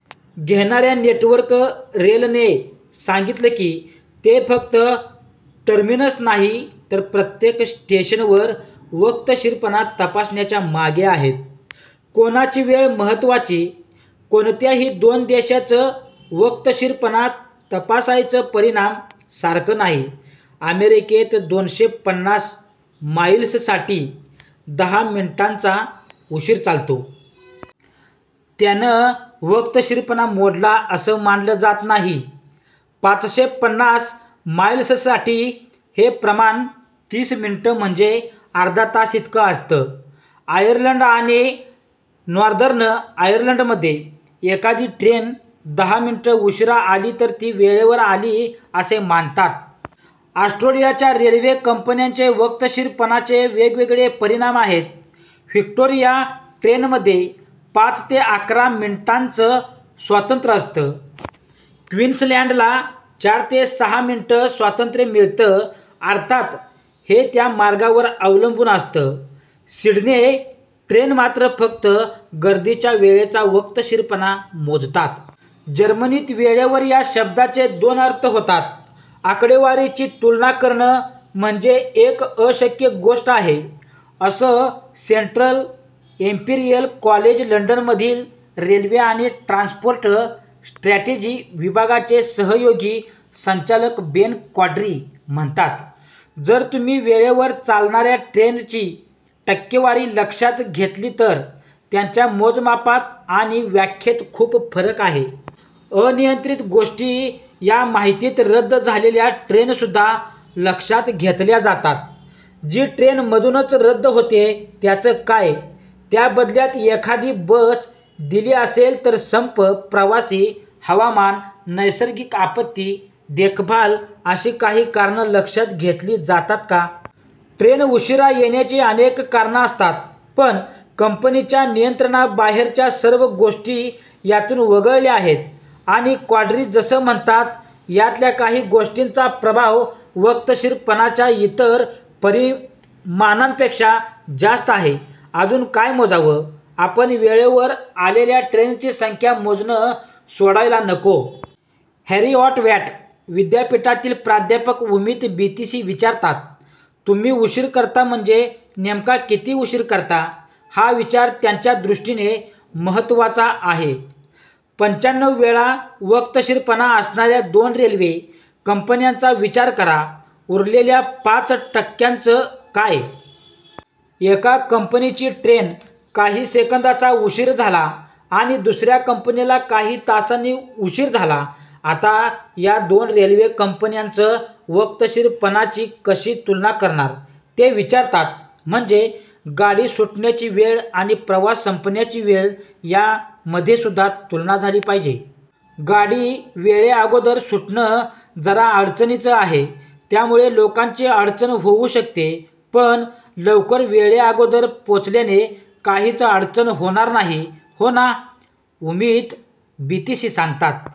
घेणाऱ्या नेटवर्क रेलने सांगितलं की, ते फक्त टर्मिनस नाही तर प्रत्येक स्टेशनवर वक्तशीरपणा तपासण्याच्या मागे आहेत. कोणाची वेळ महत्त्वाची? कोणत्याही दोन देशांचं वक्तशीरपणा तपासायचं परिमाण सारखं नाही. अमेरिकेत दोनशे पन्नास माईल्स साठी दहा मिनिटांचा उशीर चालतो. त्यानं वक्तशीरपणा मोडला असं मानलं जात नाही. पाचशे पन्नास माईल्ससाठी हे प्रमाण तीस मिनिटं म्हणजे अर्धा तास इतकं असतं. आयर्लंड आणि नॉर्दर्न आर्यर्लंडमध्ये एखादी ट्रेन दहा मिनिटं उशीरा आली तर ती वेळेवर आली असे मानतात. ऑस्ट्रेलियाच्या रेल्वे कंपन्यांचे वक्तशीरपणाचे वेगवेगळे परिमाण आहेत. व्हिक्टोरिया ट्रेनमध्ये पाच ते अकरा मिनिटांचं स्वातंत्र्य असतं. क्वीन्सलँडला चार ते सहा मिनिटं स्वातंत्र्य मिळतं. अर्थात हे त्या मार्गावर अवलंबून असतं. सिडने ट्रेन मात्र फक्त गर्दीच्या वेळेचा वक्तशीरपणा मोजतात. जर्मनीत वेळेवर या शब्दाचे दोन अर्थ होतात. आकडेवारीची तुलना करणं म्हणजे एक अशक्य गोष्ट आहे, असं सेंट्रल एम्पिरियल कॉलेज लंडनमधील रेल्वे आणि ट्रान्सपोर्ट स्ट्रॅटेजी विभागाचे सहयोगी संचालक बेन कॉड्री म्हणतात. जर तुम्ही वेळेवर चालणाऱ्या ट्रेनची टक्केवारी लक्षात घेतली, तर त्यांच्या मोजमापात आणि व्याख्येत खूप फरक आहे. अनियंत्रित गोष्टी या माहितीत रद्द झालेल्या ट्रेनसुद्धा लक्षात घेतल्या जातात का? जी ट्रेन मधूनच रद्द होते त्याचं काय? त्या बदल्यात एखादी बस दिली असेल तर? संप, प्रवासी, हवामान, नैसर्गिक आपत्ती, देखभाल अशी काही कारणं लक्षात घेतली जातात का? ट्रेन उशीरा येण्याची अनेक कारणं असतात. पण कंपनीच्या नियंत्रणाबाहेरच्या सर्व गोष्टी यातून वगळल्या आहेत. आणि कॉड्री जसं म्हणतात, यातल्या काही गोष्टींचा प्रभाव वक्तशीरपणाच्या इतर परिमाणांपेक्षा जास्त आहे. अजून काय मोजावं? आपण वेळेवर आलेल्या ट्रेनची संख्या मोजणं सोडायला नको. हेरिऑट वॅट विद्यापीठातील प्राध्यापक उमित बितीसी विचारतात, तुम्ही उशीर करता म्हणजे नेमका किती उशीर करता? हा विचार त्यांच्या दृष्टीने महत्त्वाचा आहे. पंच्याण्णव वेळा वक्तशीर असणाऱ्या दोन रेल्वे कंपन्यांचा विचार करा. उरलेल्या पाच टक्क्याचं काय? एका कंपनीची ट्रेन काही सेकंदाचा उशीर झाला आणि दुसऱ्या कंपनीला काही तासांनी उशीर झाला. आता या दोन रेल्वे कंपन्यांचं वक्तशीरपणाची कशी तुलना करणार? ते विचारतात. म्हणजे गाडी सुटण्याची वेळ आणि प्रवास संपण्याची वेळ यामध्येसुद्धा तुलना झाली पाहिजे. गाडी वेळेअगोदर सुटणं जरा अडचणीचं आहे. त्यामुळे लोकांची अडचण होऊ शकते. पण लवकर वेळेअगोदर पोचल्याने काहीच अडचण होणार नाही, हो ना? उमित बितीसी सांगतात.